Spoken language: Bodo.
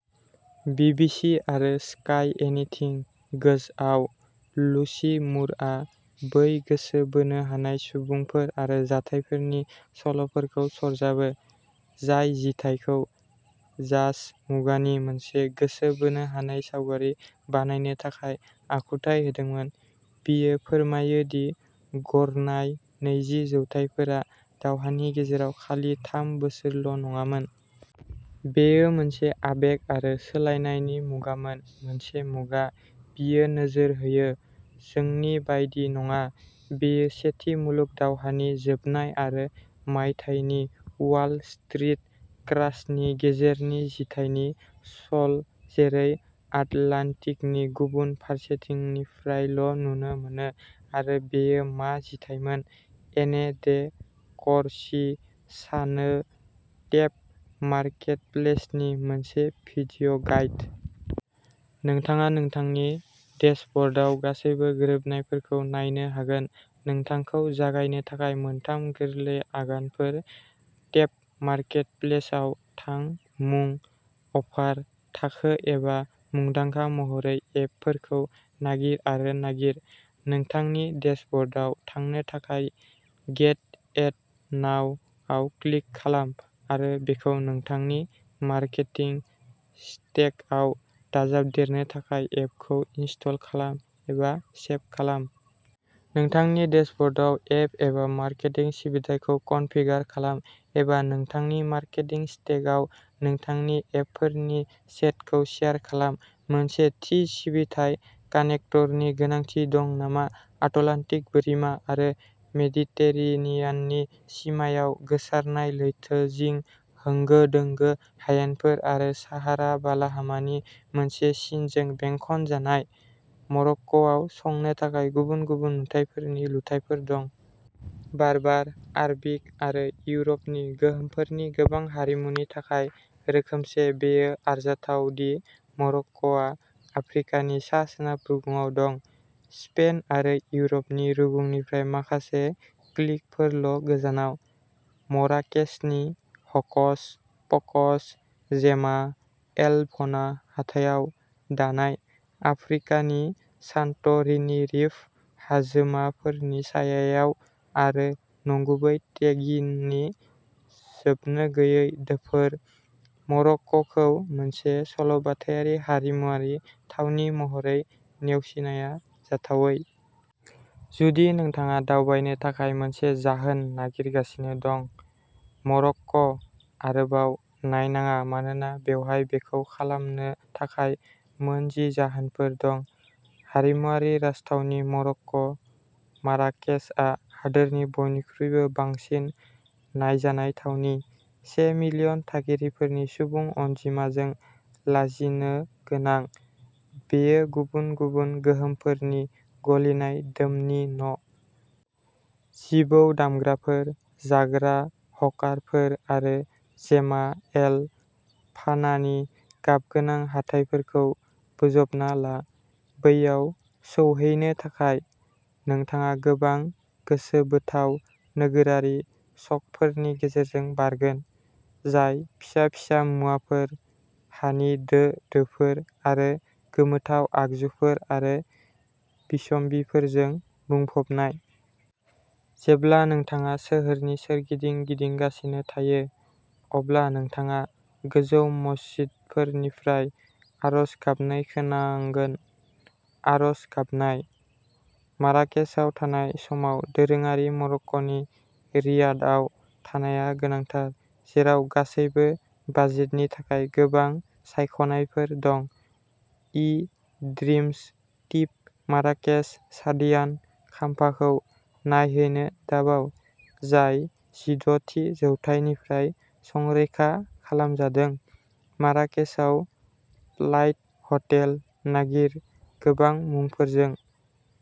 बीबीसी आरो स्काई एनिथिं गोजआव, लुसी मुरआ बै गोसो बोनो हानाय सुबुंफोर आरो जाथायफोरनि सल'फोरखौ सरजाबो, जाय जिथाइखौ जाज मुगानि मोनसे गोसो बोनो हानाय सावगारि बानायनो थाखाय आखुथाय होदोंमोन। बियो फोरमायो दि गरनाय नैजि जौथाइफोरा दावहानि गेजेराव खालि थाम बोसोरल'नङामोन। बेयो मोनसे आबेग आरो सोलायनायनि मुगामोन मोनसे मुगा, बियो नोजोर होयो, जोंनि बायदि नङा। बेयो सेथि मुलुग दावहानि जोबनाय आरो मायथाइनि वाल स्ट्रीट क्रासनि गेजेरनि जिथाइनि सल जेरै आटलान्टिकनि गुबुन फारसेथिंनिफ्रायल'नुनो मोनो। आरो बेयो मा जिथाइमोन, एने डे करसि सानो टेप मार्केटप्लेसनि मोनसे भिडिय'गाइड। नोंथाङा नोंथांनि डेशब'र्डआव गासैबो गोरोबनायफोरखौ नायनो हागोन। नोंथांखौ जागायनो थाखाय मोनथाम गोरलै आगानफोर टेपमार्केटप्लेसाव थां मुं, अफार, थाखो एबा मुंदांखा महरै एपफोरखौ नागिर आरो नागिर। नोंथांनि डेशब'र्डआव थांनो थाखाय "गेट इट नाउ" आव क्लिक खालाम आरो बेखौ नोंथांनि मार्केटिं स्टेकआव दाजाबदेरनो थाखाय एपखौ इनस्टल खालाम, एबा सेब खालाम। नोंथांनि डेशब'र्डआव एप एबा मार्केटिं सिबिथाइखौ कनफिगार खालाम, एबा नोंथांनि मार्केटिं स्टेकआव नोंथांनि एपफोरनि सेटखौ सेयार खालाम। मोनसे थि सिबिथाइ कानेक्टरनि गोनांथि दं नामा आटलान्टिक बोरिमा आरो मेडिटेरेनियाननि सिमायाव, गोसारनाय लैथोजिं, होंगो दोंगो हायेनफोर आरो साहारा बालाहामानि मोनसे सिनजों बेंखनजानाय, मरक्क'आव संनो थाखाय गुबुन गुबुन नुथायफोरनि लुथायफोर दं। बार्बार, आरबिक आरो इउर'पनि गोहोमफोरनि गोबां हारिमुनि थाखाय रोखोमसे, बेयो आरजाथाव दि मरक्क'आ आफ्रिकानि सा सोनाब रुगुंआव दं, स्पेन आरो इउर'पनि रुगुंनिफ्राय माखासे क्लिकफोरल'गोजानाव। मराकेचनि ह'कस प'कस जेमा एल फना हाथायाव दानाय,'आफ्रिकानि सान्ट'रिनि'रिफ हाजोमाफोरनि सायायाव आरो नंगुबै टेगिननि जोबनोगैयै दोफोर, मरक्क'खौ मोनसे सल'बाथायारि हारिमुआरि थावनि महरै नेवसिनाया जाथावै। जुदि नोंथाङा दावबायनो थाखाय मोनसे जाहोन नागिरगासिनो दं। मरक्क, आरोबाव नायनाङा मानोना बेवहाय बेखौ खालामनो थाखाय मोन जि जाहोनफोर दं! हारिमुआरि राजथावनि मरक्क', माराकेचआ हादोरनि बयनिख्रुइबो बांसिन नायजानाय थावनि। से मिलियन थागिरिफोरनि सुबुं अनजिमाजों लाजिनोगोनां, बेयो गुबुन गुबुन गोहोमफोरनि गलिनाय दोमनि न'। जिबौ दामग्राफोर, जाग्रा हकारफोर आरो जेमा एल फानानि गाबगोनां हाथायफोरखौ बोजबना ला। बैयाव सौहैनो थाखाय, नोंथाङा गोबां गोसोबोथाव नोगोरारि स'कफोरनि गेजेरजों बारगोन, जाय फिसा-फिसा मुवाफोर, हानि दो-दोफोर आरो गोमोथाव आगजुफोर आरो बिसम्बिफोरजों बुंफबनाय। जेब्ला नोंथाङा सोहोरनि सोरगिदिं गिदिंगासिनो थायो, अब्ला नोंथाङा गोजौ मस्जिदफोरनिफ्राय आरज गाबनाय खोनांगोन, आर'ज गाबनाय। माराकेचआव थानाय समाव दोरोङारि मरक्क'नि रियादआव थानाया गोनांथार, जेराव गासैबो बाजेटनि थाखाय गोबां सायख'नायफोर दं। इ-ड्रिमस टिप माराकेच सादियान खाम्फाखौ नायहैनो दाबाव, जाय जिद' थि जौथायनिफ्राय संरैखा खालामजादों माराकेचआव फ्लाइट हटेल नागिर गोबां मुंफोरजों।